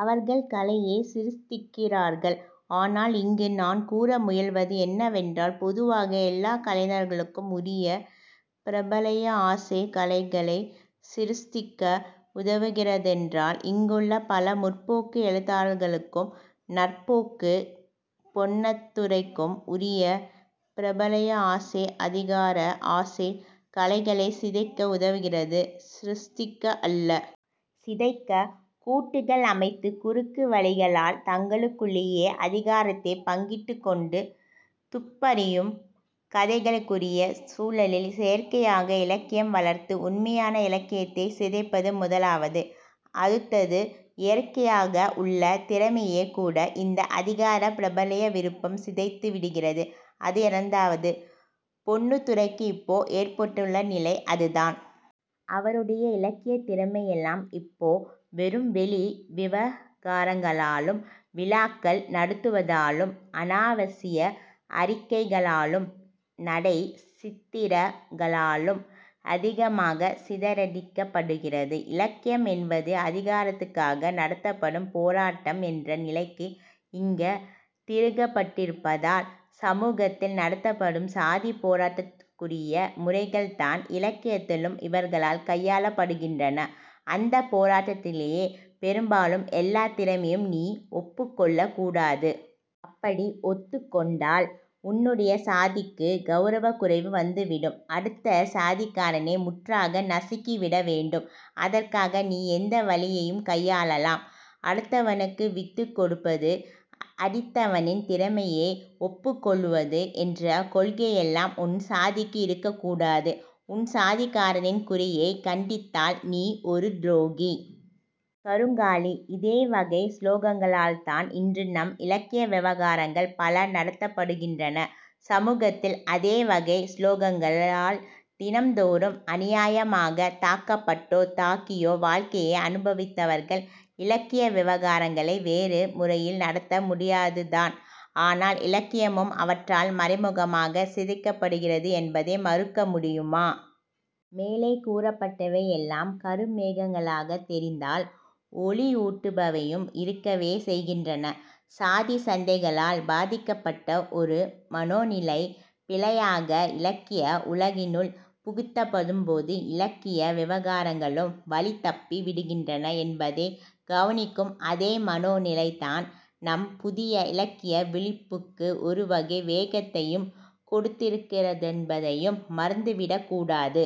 அவர்கள் கலையைச் சிருஷ்டிக்கிறார்கள். ஆனால் இங்கு நான் கூற முயல்வது என்னவென்றால் பொதுவாக எல்லாக் கலைஞர்களுக்கும் உரிய பிரபல்ய ஆசை கலைகளைச் சிருஷ்டிக்க உதவுகிறதென்றால் இங்குள்ள பல 'முற்போக்கு' எழுத்தாளர்களுக்கும் 'நற்போக்கு' பொன்னத்துரைக்கும் உரிய பிரபல்ய ஆசை அதிகார ஆசை கலைகளைச் சிதைக்க உதவுகிறது. சிருஷ்டிக்க அல்ல. சிதைக்க! கூட்டுகள் அமைத்து குறுக்கு வழிகளால் தங்களுக்குள்ளேயே அதிகாரத்தைப் பங்கிட்டுக்கொண்டு துப்பறியும் கதைகளுக்குரிய சூழலில் செயற்கையாக இலக்கியம் வளர்த்து உண்மையான இலக்கியத்தைச் சிதைப்பது முதலாவது. அடுத்தது, இயற்கையாக உள்ள திறமையைக் கூட இந்த அதிகார பிரபல்ய விருப்பம் சிதைத்து விடுகிறது. அது இரண்டாவது. பொன்னுத்துரைக்கு இப்போ ஏற்பட்டுள்ள நிலை அதுதான். அவருடைய இலக்கியத் திறமையெல்லாம் இப்போ வெறும் வெளி விவகாரங்களாலும் விழாக்கள் நடத்துவதாலும் அனாவசிய அறிக்கைகளாலும் நடைச் சித்திரங்களாலும் அதிகமாகச் சிதறடிக்கப்படுகிறது. இலக்கியம் என்பது அதிகாரத்துக்காக நடத்தப்படும் போராட்டம் என்ற நிலைக்கு இங்க திருகப்பட்டிருப்பதால், சமூகத்தில் நடத்தப்படும் சாதிப் போராட்டத்துக்குரிய முறைகள்தான் இலக்கியத்திலும் இவர்களால் கையாளப்படுகின்றன. அந்தப் போராட்டத்திலேயே பெரும்பாலும் எல்லாத் திறமையும் நீ ஒப்புக்கொள்ளக் கூடாது. அப்படி ஒத்துக்கொண்டால் உன்னுடைய சாதிக்குக் கௌரவக் குறைவு வந்துவிடும். அடுத்த சாதிக்காரனை முற்றாக நசுக்கிவிட வேண்டும். அதற்காக நீ எந்தவழியையும் கையாளலாம். அடுத்தவனுக்கு விட்டுக்கொடுப்பது, அடித்தவனின் திறமையை ஒப்புக்கொள்வது என்ற கொள்கையெல்லாம் உன் சாதிக்கு இருக்கக் கூடாது. உன் சாதிக்காரனின் குறையைக் கண்டித்தால் நீ ஒரு துரோகி. கருங்காலி. இதே வகைச் சுலோகங்களால்தான் இன்று நம் இலக்கிய விவகாரங்கள் பல நடத்தப்படுகின்றன. சமூகத்தில் அதே வகைச் சுலோகங்களால் தினந்தோறும் அநியாயமாகத் தாக்கப்பட்டோ, தாக்கியோ வாழ்க்கையை அனுபவித்தவர்கள் இலக்கிய விவகாரங்களை வேறு முறையில் நடத்த முடியாதுதான். ஆனால் இலக்கியமும் அவற்றால் மறைமுகமாகச் சிதைக்கப்படுகிறது என்பதை மறுக்க முடியுமா? மேலே கூறப்பட்டவை எல்லாம் கருமேகங்களாகத் தெரிந்தால் ஒளியூட்டுபவையும் இருக்கவே செய்கின்றன. சாதிச் சண்டைகளால் பாதிக்கப்பட்ட ஒரு மனோ நிலை, பிழையாக இலக்கிய உலகினுள் புகுத்தப்படும்போது இலக்கிய விவகாரங்களும் வழிதப்பி விடுகின்றன என்பதைத் கவனிக்கும் அதே மனோநிலைதான் நம் புதிய இலக்கிய விழிப்புக்கு ஒருவகை வேகத்தையும் கொடுத்திருக்கிறதென்பதையும் மறந்துவிடக்கூடாது.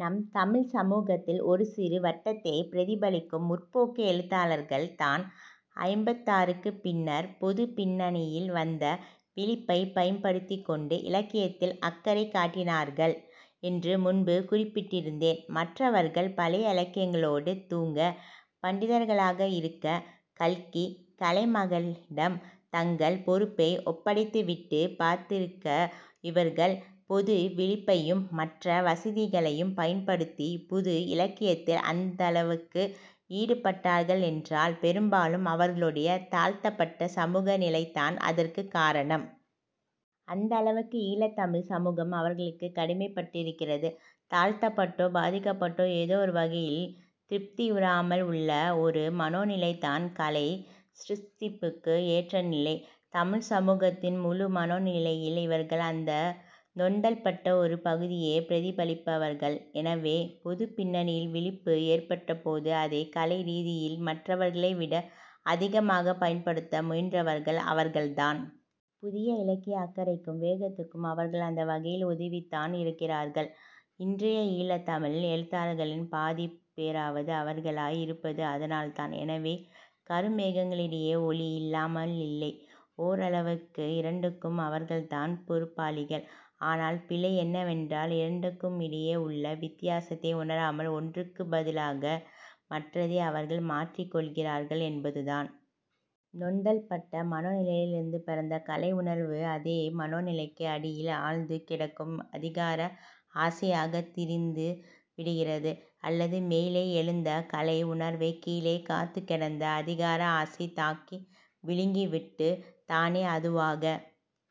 நம் தமிழ்ச் சமூகத்தில் ஒரு சிறு வட்டத்தைப் பிரதிபலிக்கும் 'முற்போக்கு' எழுத்தாளர்கள் தான் ஐம்பத்தாறுக்குப் பின்னர் பொதுப் பின்னணியில் வந்த விழிப்பைப் பயன்படுத்திக்கொண்டு இலக்கியத்தில் அக்கறை காட்டினார்கள் என்று முன்பு குறிப்பிட்டிருந்தேன். மற்றவர்கள் பழைய இலக்கியங்களோடு தூங்க, பண்டிதர்களாக இருக்க, 'கல்கி,' 'கலைமகளி'டம் தங்கள் பொறுப்பை ஒப்படைத்துவிட்டுப் பார்த்திருக்க, இவர்கள் பொது விழிப்பையும் மற்ற வசதிகளையும் பயன்படுத்தி புது இலக்கியத்தில் அந்தளவுக்கு ஈடுபட்டார்கள் என்றால் பெரும்பாலும் அவர்களுடைய தாழ்த்தப்பட்ட சமூக நிலைதான் அதற்குக் காரணம். அந்தளவுக்கு ஈழத் தமிழ்ச் சமூகம் அவர்களுக்குக் கடமைப்பட்டிருக்கிறது. தாழ்த்தப்பட்டோ பாதிக்கப்பட்டோ ஏதோ ஒரு வகையில் திருப்தியுறாமல் உள்ள ஒரு மனோநிலைதான் கலை சிருஷ்டிப்புக்கு ஏற்ற நிலை. தமிழ்ச் சமூகத்தின் முழு மனோநிலையில் இவர்கள் அந்த நொந்தல்பட்ட ஒரு பகுதியைப் பிரதிபலிப்பவர்கள். எனவே, பொதுப் பின்னணியில் விழிப்பு ஏற்பட்டபோது அதைக் கலை ரீதியில் மற்றவர்களை விட அதிகமாகப் பயன்படுத்த முயன்றவர்கள் அவர்கள்தான். புதிய இலக்கிய அக்கறைக்கும் வேகத்துக்கும் அவர்கள் அந்த வகையில் உதவித்தான் இருக்கிறார்கள். இன்றைய ஈழத் தமிழ் எழுத்தாளர்களின் பாதிப் பேராவது அவர்களாய் இருப்பது அதனால்தான். எனவே, கருமேகங்களுக்கிடையே ஒளி இல்லாமலில்லை. ஓரளவுக்கு இரண்டுக்கும் அவர்கள்தான் பொறுப்பாளிகள். ஆனால் பிழை என்னவென்றால் இரண்டுக்குமிடையே உள்ள வித்தியாசத்தை உணராமல் ஒன்றுக்குப் பதிலாக மற்றதை அவர்கள் மாற்றிக்கொள்கிறார்கள் என்பதுதான். நொந்தல்பட்ட மனோநிலையிலிருந்து பிறந்த கலை உணர்வு அதே மனோநிலைக்கு அடியில் ஆழ்ந்து கிடக்கும் அதிகார ஆசையாகத் திரிந்து விடுகிறது. அல்லது மேலே எழுந்த கலை உணர்வை கீழே காத்துக் கிடந்த அதிகார ஆசை தாக்கி விழுங்கிவிட்டு, தானே அதுவாக